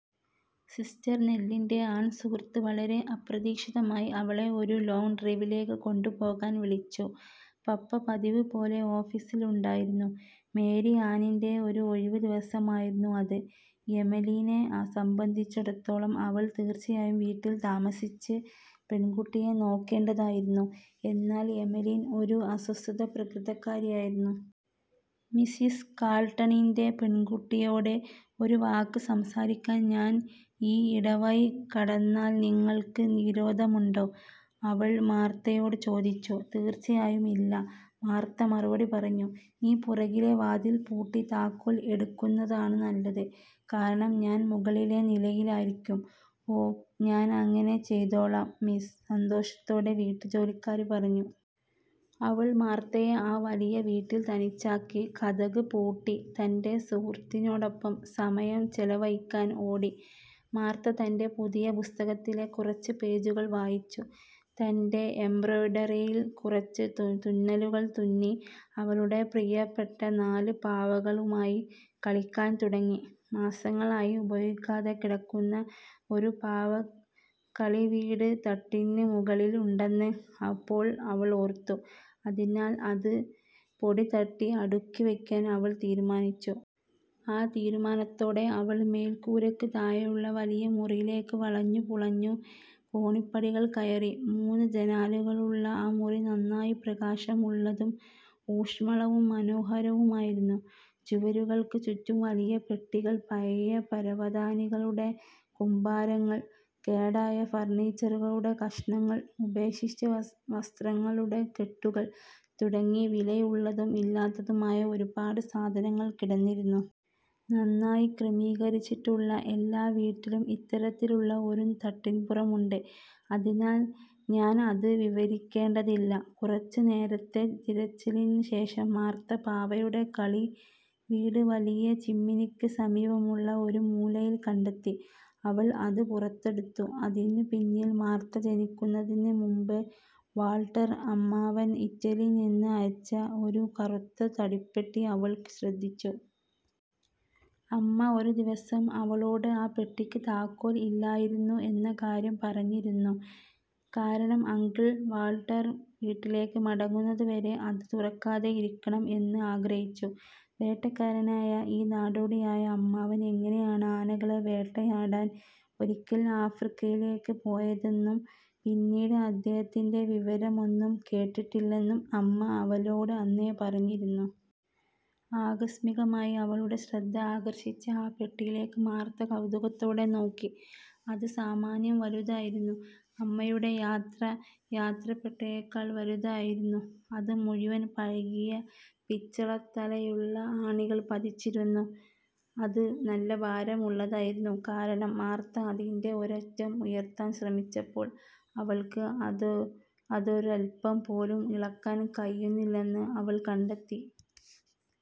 Sister നെല്ലിൻ്റെ ആൺസുഹൃത്ത് വളരെ അപ്രതീക്ഷിതമായി അവളെ ഒരു ലോംഗ് ഡ്രൈവിലേക്ക് കൊണ്ടുപോകാൻ വിളിച്ചു. പപ്പ പതിവുപോലെ ഓഫീസിൽ ഉണ്ടായിരുന്നു. മേരി ആനിൻ്റെ ഒരു ഒഴിവ് ദിവസം ആയിരുന്നു അത്. എമെലീനെ സംബന്ധിച്ചിടത്തോളം, അവൾ തീർച്ചയായും വീട്ടിൽ താമസിച്ച് പെൺകുട്ടിയെ നോക്കേണ്ടതായിരുന്നു; എന്നാൽ എമെലിൻ ഒരു അസ്വസ്ഥ പ്രകൃതക്കാരിയായിരുന്നു. "മിസ്സിസ് കാൾട്ടണിൻ്റെ പെൺകുട്ടിയോട് ഒരു വാക്ക് സംസാരിക്കാൻ ഞാൻ ഈ ഇടവഴി കടന്നാൽ നിങ്ങൾക്ക് വിരോധമുണ്ടോ? " അവൾ മാർത്തയോട് ചോദിച്ചു. "തീർച്ചയായും ഇല്ല," മാർത്ത മറുപടി പറഞ്ഞു. "നീ പുറകിലെ വാതിൽ പൂട്ടി താക്കോൽ എടുക്കുന്നതാണ് നല്ലത്, കാരണം ഞാൻ മുകളിലെ നിലയിലായിരിക്കും. " "ഓ, ഞാൻ അങ്ങിനെ ചെയ്തോളാം, മിസ്സ്," സന്തോഷത്തോടെ വീട്ടുജോലിക്കാരി പറഞ്ഞു. അവൾ മാർത്തയെ ആ വലിയ വീട്ടിൽ തനിച്ചാക്കി, കതക് പൂട്ടി തൻ്റെ സുഹൃത്തിനോടൊപ്പം സമയം ചെലവഴിക്കാൻ ഓടി. മാർത്ത തൻ്റെ പുതിയ പുസ്തകത്തിലെ കുറച്ച് പേജുകൾ വായിച്ചു, തൻ്റെ എംബ്രോയ്ഡറിയിൽ കുറച്ച് തുന്നലുകൾ തുന്നി, അവളുടെ പ്രിയപ്പെട്ട നാല് പാവകളുമായി കളിക്കാൻ തുടങ്ങി. മാസങ്ങളായി ഉപയോഗിക്കാതെ കിടക്കുന്ന ഒരു പാവക്കളിവീട് തട്ടിന് മുകളിൽ ഉണ്ടെന്ന് അപ്പോൾ അവൾ ഓർത്തു, അതിനാൽ അത് പൊടിതട്ടി അടുക്കി വയ്ക്കാൻ അവൾ തീരുമാനിച്ചു. ആ തീരുമാനത്തോടെ അവൾ മേൽക്കൂരയ്ക്ക് താഴെയുള്ള വലിയ മുറിയിലേക്ക് വളഞ്ഞുപുളഞ്ഞ കോണിപ്പടികൾ കയറി. മൂന്ന് ജനാലകളുള്ള ആ മുറി നന്നായി പ്രകാശമുള്ളതും ഊഷ്മളവും മനോഹരവുമായിരുന്നു. ചുവരുകൾക്ക് ചുറ്റും വലിയ പെട്ടികൾ, പഴയ പരവതാനികളുടെ കൂമ്പാരങ്ങൾ, കേടായ ഫർണിച്ചറുകളുടെ കഷണങ്ങൾ, ഉപേക്ഷിച്ച വസ്ത്രങ്ങളുടെ കെട്ടുകൾ, തുടങ്ങി വിലയുള്ളതും ഇല്ലാത്തതുമായ ഒരു പാട് സാധനങ്ങൾ കിടന്നിരുന്നു. നന്നായി ക്രമീകരിച്ചിട്ടുള്ള എല്ലാ വീട്ടിലും ഇത്തരത്തിലുള്ള ഒരു തട്ടിൻപുറം ഉണ്ട്, അതിനാൽ ഞാൻ അത് വിവരിക്കേണ്ടതില്ല. കുറച്ച് നേരത്തെ തിരച്ചിലിന് ശേഷം മാർത്ത പാവയുടെ കളി വീട് വലിയ ചിമ്മിനിക്ക് സമീപമുള്ള ഒരു മൂലയിൽ കണ്ടെത്തി. അവൾ അത് പുറത്തെടുത്തു, അതിനു പിന്നിൽ മാർത്ത ജനിക്കുന്നതിന് മുമ്പ് വാൾട്ടർ അമ്മാവൻ ഇറ്റലിയിൽ നിന്ന് അയച്ച ഒരു കറുത്ത തടിപ്പെട്ടി അവൾ ശ്രദ്ധിച്ചു. അമ്മ ഒരു ദിവസം അവളോട് ആ പെട്ടിക്ക് താക്കോൽ ഇല്ലായിരുന്നു എന്ന കാര്യം പറഞ്ഞിരുന്നു., കാരണം അങ്കിൾ വാൾട്ടർ വീട്ടിലേക്ക് മടങ്ങുന്നത് വരെ അത് തുറക്കാതെയിരിക്കണം എന്ന് ആഗ്രഹിച്ചു. വേട്ടക്കാരനായ ഈ നാടോടിയായ അമ്മാവൻ എങ്ങനെയാണ് ആനകളെ വേട്ടയാടാൻ ഒരിയ്ക്കൽ ആഫ്രിക്കയിലേക്ക് പോയതെന്നും പിന്നീട് അദ്ദേഹത്തിന്റെ വിവരമൊന്നും കേട്ടിട്ടില്ലെന്നും അമ്മ അവലോട് അന്നേ പറഞ്ഞിരുന്നു. ആകസ്മികമായി അവളുടെ ശ്രദ്ധ ആകർഷിച്ച ആ പെട്ടിയിലേക്ക് മാർത്ത കൗതുകത്തോടെ നോക്കി. അത് സാമാന്യം വലുതായിരുന്നു—അമ്മയുടെ യാത്രാ യാത്രപ്പെട്ടയേക്കാൾ വലുതായിരുന്നു. അത് മുഴുവൻ പഴകിയ പിച്ചളത്തലയുള്ള ആണികൾ പതിച്ചിരുന്നു. അത് നല്ല ഭാരമുള്ളതായിരുന്നു, കാരണം, മാർത്ത അതിൻ്റെ ഒരറ്റം ഉയർത്താൻ ശ്രമിച്ചപ്പോൾ അവൾക്ക് അതൊരഅൽപ്പം പോലും ഇളക്കാൻ കഴിയുന്നില്ലെന്ന് അവൾ കണ്ടെത്തി.